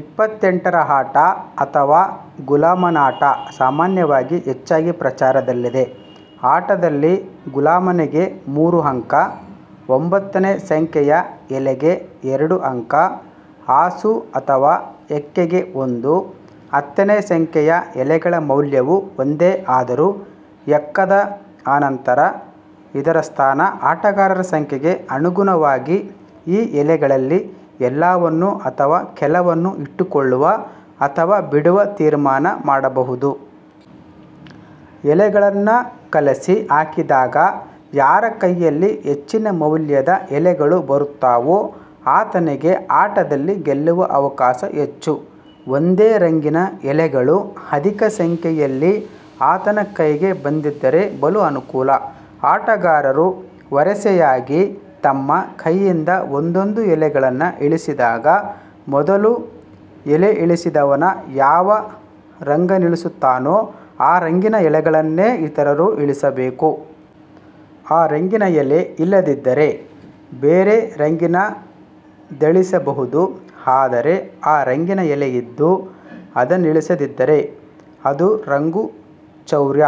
ಇಪ್ಪತ್ತೆಂಟರ ಆಟ ಅಥವಾ ಗುಲಾಮನಾಟ ಸಾಮಾನ್ಯವಾಗಿ ಹೆಚ್ಚಾಗಿ ಪ್ರಚಾರದಲ್ಲಿದೆ. ಆಟದಲ್ಲಿ ಗುಲಾಮನಿಗೆ ಮೂರು ಅಂಕ; ಒಂಬತ್ತನೆಯ ಸಂಖ್ಯೆಯ ಎಲೆಗೆ ಎರಡು ಅಂಕ; ಹಾಸು ಅಥವಾ ಎಕ್ಕಕ್ಕೆ ಒಂದು. ಹತ್ತನೆಯ ಸಂಖ್ಯೆಯ ಎಲೆಗಳ ಮೌಲ್ಯವೂ ಒಂದೇ ಆದರೂ ಎಕ್ಕದ ಅನಂತರ ಇದರ ಸ್ಥಾನ. ಆಟಗಾರರ ಸಂಖ್ಯೆಗೆ ಅನುಗುಣವಾಗಿ ಈ ಎಲೆಗಳಲ್ಲಿ ಎಲ್ಲವನ್ನು ಅಥವಾ ಕೆಲವನ್ನು ಇಟ್ಟುಕೊಳ್ಳುವ ಅಥವಾ ಬಿಡುವ ತೀರ್ಮಾನ ಮಾಡಬಹುದು. ಎಲೆಗಳನ್ನು ಕಲಸಿ ಹಾಕಿದಾಗ ಯಾರ ಕೈಯಲ್ಲಿ ಹೆಚ್ಚಿನ ಮೌಲ್ಯದ ಎಲೆಗಳು ಬರುತ್ತವೋ ಆತನಿಗೆ ಆಟದಲ್ಲಿ ಗೆಲ್ಲುವ ಅವಕಾಶ ಹೆಚ್ಚು. ಒಂದೇ ರಂಗಿನ ಎಲೆಗಳು ಅಧಿಕ ಸಂಖ್ಯೆಯಲ್ಲಿ ಆತನ ಕೈಗೆ ಬಂದಿದ್ದರೆ ಬಲು ಅನುಕೂಲ. ಆಟಗಾರರು ವರಸೆಯಾಗಿ ತಮ್ಮ ಕೈಯಿಂದ ಒಂದೊಂದು ಎಲೆಯನ್ನು ಇಳಿಸಿದಾಗ ಮೊದಲು ಎಲೆಯಿಳಿಸಿದವ ಯಾವ ರಂಗನ್ನಿಳಿಸುತ್ತಾನೋ ಆ ರಂಗಿನ ಎಲೆಗಳನ್ನೇ ಇತರರು ಇಳಿಸಬೇಕು. ಆ ರಂಗಿನ ಎಲೆ ಇಲ್ಲದಿದ್ದರೆ ಬೇರೆ ರಂಗಿನದನ್ನಿಳಿಸಬಹುದು. ಆದರೆ ಆ ರಂಗಿನ ಎಲೆ ಇದ್ದು ಅದನ್ನಿಳಿಸದಿದ್ದರೆ ಅದು ರಂಗು ಚೌರ್ಯ.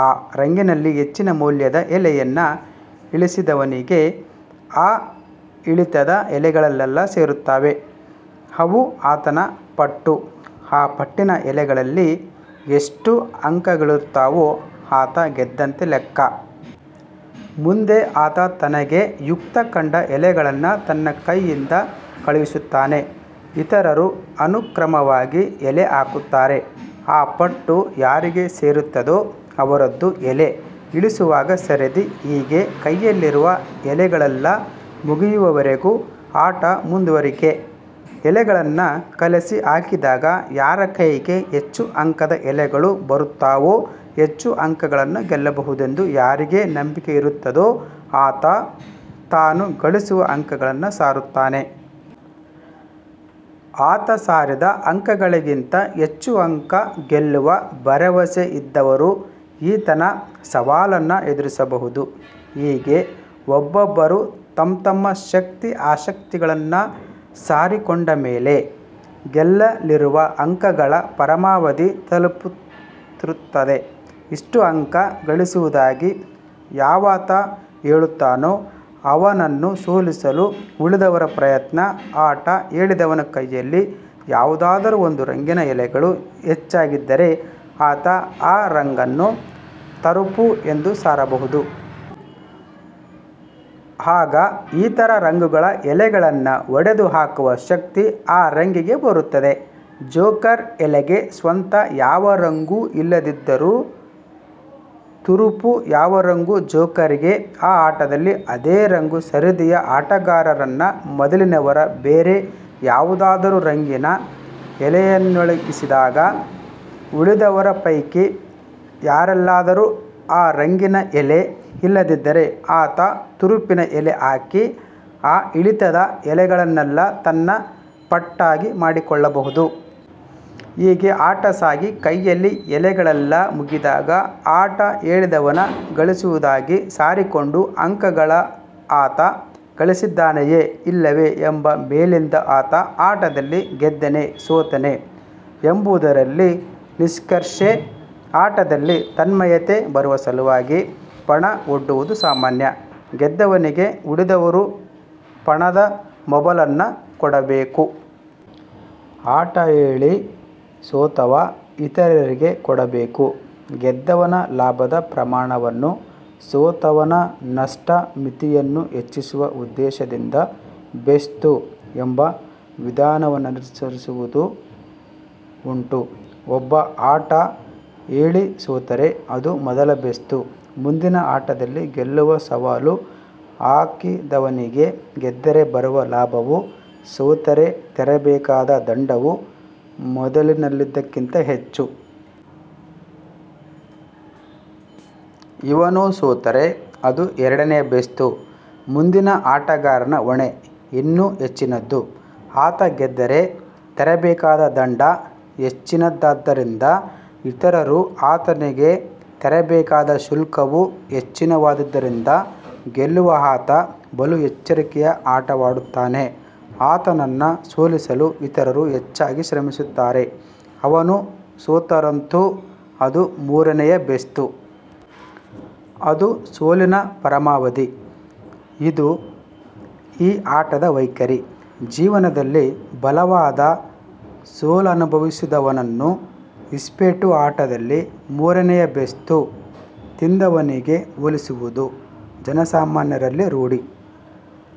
ಆ ರಂಗಿನಲ್ಲಿ ಹೆಚ್ಚಿನ ಮೌಲ್ಯದ ಎಲೆಯನ್ನು ಇಳಿಸಿದವನಿಗೆ ಆ ಇಳಿತದ ಎಲೆಗಳೆಲ್ಲ ಸೇರುತ್ತವೆ. ಅವು ಆತನ ಪಟ್ಟು. ಆ ಪಟ್ಟಿನ ಎಲೆಗಳಲ್ಲಿ ಎಷ್ಟು ಅಂಕಗಳಿರುತ್ತವೋ ಆತ ಗೆದ್ದಂತೆ ಲೆಕ್ಕ. ಮುಂದೆ ಆತ ತನಗೆ ಯುಕ್ತ ಕಂಡ ಎಲೆಯನ್ನು ತನ್ನ ಕೈಯಿಂದ ಕಳಿಸುತ್ತಾನೆ. ಇತರರು ಅನುಕ್ರಮವಾಗಿ ಎಲೆ ಹಾಕುತ್ತಾರೆ. ಈ ಪಟ್ಟು ಯಾರಿಗೆ ಸೇರುತ್ತದೋ ಅವರದು ಎಲೆ ಇಳಿಸುವ ಸರದಿ. ಹೀಗೆ ಕೈಲಿರುವ ಎಲೆಗಳೆಲ್ಲ ಮುಗಿಯುವ ವರೆಗೂ ಆಟದ ಮುಂದುವರಿಕೆ. ಎಲೆಗಳನ್ನು ಕಲಸಿ ಹಂಚಿದಾಗ ಯಾರ ಕೈಗೆ ಹೆಚ್ಚು ಅಂಕದ ಎಲೆಗಳು ಬಂದಿರುತ್ತವೋ ಹೆಚ್ಚು ಅಂಕಗಳನ್ನು ಗೆಲ್ಲಬಹುದೆಂದು ಯಾರಿಗೆ ನಂಬಿಕೆಯಿರುತ್ತದೋ ಆತ ತಾನು ಗಳಿಸುವ ಅಂಕಗಳನ್ನು ಸಾರುತ್ತಾನೆ. ಆತ ಸಾರಿದ ಅಂಕಗಳಿಗಿಂತ ಹೆಚ್ಚು ಅಂಕ ಗೆಲ್ಲುವ ಭರವಸೆಯಿದ್ದವರು ಈತನ ಸವಾಲನ್ನು ಎದುರಿಸಬಹುದು. ಹೀಗೆ ಒಬ್ಬೊಬ್ಬರು ತಂತಮ್ಮ ಶಕ್ತಿ. ಅಶಕ್ತಿಗಳನ್ನು ಸಾರಿಕೊಂಡಮೇಲೆ, ಗೆಲ್ಲಲಿರುವ ಅಂಕಗಳ ಪರಮಾವಧಿ ತಲುಪಿರುತ್ತದೆ. ಇಷ್ಟು ಅಂಕ ಗಳಿಸುವುದಾಗಿ ಯಾವಾತ ಹೇಳುತ್ತಾನೋ ಅವನನ್ನು ಸೋಲಿಸಲು ಉಳಿದವರ ಪ್ರಯತ್ನ, ಆಟ ಹೇಳಿದವನ ಕೈಯಲ್ಲಿ ಯಾವುದಾದರೂ ಒಂದು ರಂಗಿನ ಎಲೆಗಳು ಹೆಚ್ಚಾಗಿದ್ದರೆ ಆತ ಆ ರಂಗನ್ನು ತುರುಪು ಎಂದು ಸಾರಬಹುದು. ಆಗ ಇತರ ರಂಗುಗಳ ಎಲೆಗಳನ್ನು ಹೊಡೆದು ಹಾಕುವ ಶಕ್ತಿ ಆ ರಂಗಿಗೆ ಬರುತ್ತದೆ. ಜೋಕರ್ ಎಲೆಗೆ ಸ್ವತಃ ಯಾವ ರಂಗೂ ಇಲ್ಲದಿದ್ದರೂ ತುರುಪು ಯಾವ ರಂಗೋ ಜೋಕರಿಗೂ ಆ ಆಟದಲ್ಲಿ ಅದೇ ರಂಗು. ಸರದಿಯ ಆಟಗಾರರಲ್ಲಿ ಮೊದಲಿನವನ ಬೇರೆ ಯಾವುದಾದರೂ ರಂಗಿನ ಎಲೆಯನ್ನಿಳಿಸಿದಾಗ, ಉಳಿದವರ ಪೈಕಿ ಯಾರಲ್ಲಾದರೂ ಆ ರಂಗಿನ ಎಲೆ ಇಲ್ಲದಿದ್ದರೆ ಆತ ತುರುಪಿನ ಎಲೆ ಹಾಕಿ ಆ ಇಳಿತದ ಎಲೆಗಳನ್ನೆಲ್ಲ ತನ್ನ ಪಟ್ಟಾಗಿ ಮಾಡಿಕೊಳ್ಳಬಹುದು. ಹೀಗೆ ಆಟ ಸಾಗಿ ಕೈಯ ಎಲೆಗಳೆಲ್ಲ ಮುಗಿದಾಗ ಆಟ ಹೇಳಿದವ ಗಳಿಸುವುದಾಗಿ ಸಾರಿಕೊಂಡ ಅಂಕಗಳನ್ನು ಆತ ಗಳಿಸಿದ್ದಾನೆಯೆ ಇಲ್ಲವೆ ಎಂಬುದರ ಮೇಲಿಂದ ಆತ ಆಟದಲ್ಲಿ ಗೆದ್ದನೆ, ಸೋತನೆ ಎಂಬುದರಲ್ಲಿ ನಿಷ್ಕರ್ಷೆ. ಆಟದಲ್ಲಿ ತನ್ಮಯತೆ ಬರುವ ಸಲುವಾಗಿ ಪಣ ಒಡ್ಡುವುದೂ ಸಾಮಾನ್ಯ. ಗೆದ್ದವನಿಗೆ ಉಳಿದವರು ಪಣದ ಮೊಬಲಗನ್ನು ಕೊಡಬೇಕು. ಆಟ ಹೇಳಿ ಸೋತವ ಇತರರಿಗೆ ಕೊಡಬೇಕು. ಗೆದ್ದವನ ಲಾಭದ ಪ್ರಮಾಣವನ್ನೂ ಸೋತವನ ನಷ್ಟ ಮಿತಿಯನ್ನೂ ಹೆಚ್ಚಿಸುವ ಉದ್ದೇಶದಿಂದ ಬೇಸ್ತು ಎಂಬ ವಿಧಾನವನ್ನನುಸರಿಸುವುದೂ ಉಂಟು. ಒಬ್ಬ ಆಟ ಹೇಳಿ ಸೋತರೆ ಅದು ಮೊದಲ ಬೇಸ್ತು. ಮುಂದಿನ ಆಟದಲ್ಲಿ ಗೆಲ್ಲುವ ಸವಾಲು ಹಾಕಿದವನಿಗೆ ಗೆದ್ದರೆ ಬರುವ ಲಾಭವೂ ಸೋತರೆ ತೆರಬೇಕಾದ ದಂಡವೂ ಮೊದಲಿನದಕ್ಕಿಂತ ಹೆಚ್ಚು. ಇವನೂ ಸೋತರೆ ಅದು ಎರಡನೆಯ ಬೇಸ್ತು. ಮುಂದಿನ ಆಟಗಾರನ ಹೊಣೆ ಇನ್ನೂ ಹೆಚ್ಚಿನದು. ಆತ ಗೆದ್ದರೆ ತೆರಬೇಕಾದ ದಂಡ ಹೆಚ್ಚಿನದಾದ್ದರಿಂದ, ಇತರರು ಆತನಿಗೆ ತೆರಬೇಕಾದ ಶುಲ್ಕವೂ ಹೆಚ್ಚಿನವಾದ್ದರಿಂದ ಗೆಲ್ಲಲು ಆತ ಬಲು ಎಚ್ಚರಿಕೆಯ ಆಟವಾಡುತ್ತಾನೆ. ಆತನನ್ನು ಸೋಲಿಸಲು ಇತರರು ಹೆಚ್ಚಾಗಿ ಶ್ರಮಿಸುತ್ತಾರೆ. ಅವನು ಸೋತರಂತೂ ಅದು ಮೂರನೆಯ ಬೇಸ್ತು. ಅದು ಸೋಲಿನ ಪರಮಾವಧಿ. ಇದು ಈ ಆಟದ ವೈಖರಿ. ಜೀವನದಲ್ಲಿ ಬಲವಾದ ಸೋಲನ್ನನುಭಸಿದವನನ್ನು ಇಸ್ಪೀಟು ಆಟದಲ್ಲಿ ಮೂರನೆಯ ಬೇಸ್ತು ತಿಂದವನಿಗೆ ಹೋಲಿಸುವುದು ಜನಸಾಮಾನ್ಯರಲ್ಲಿ ರೂಢಿ.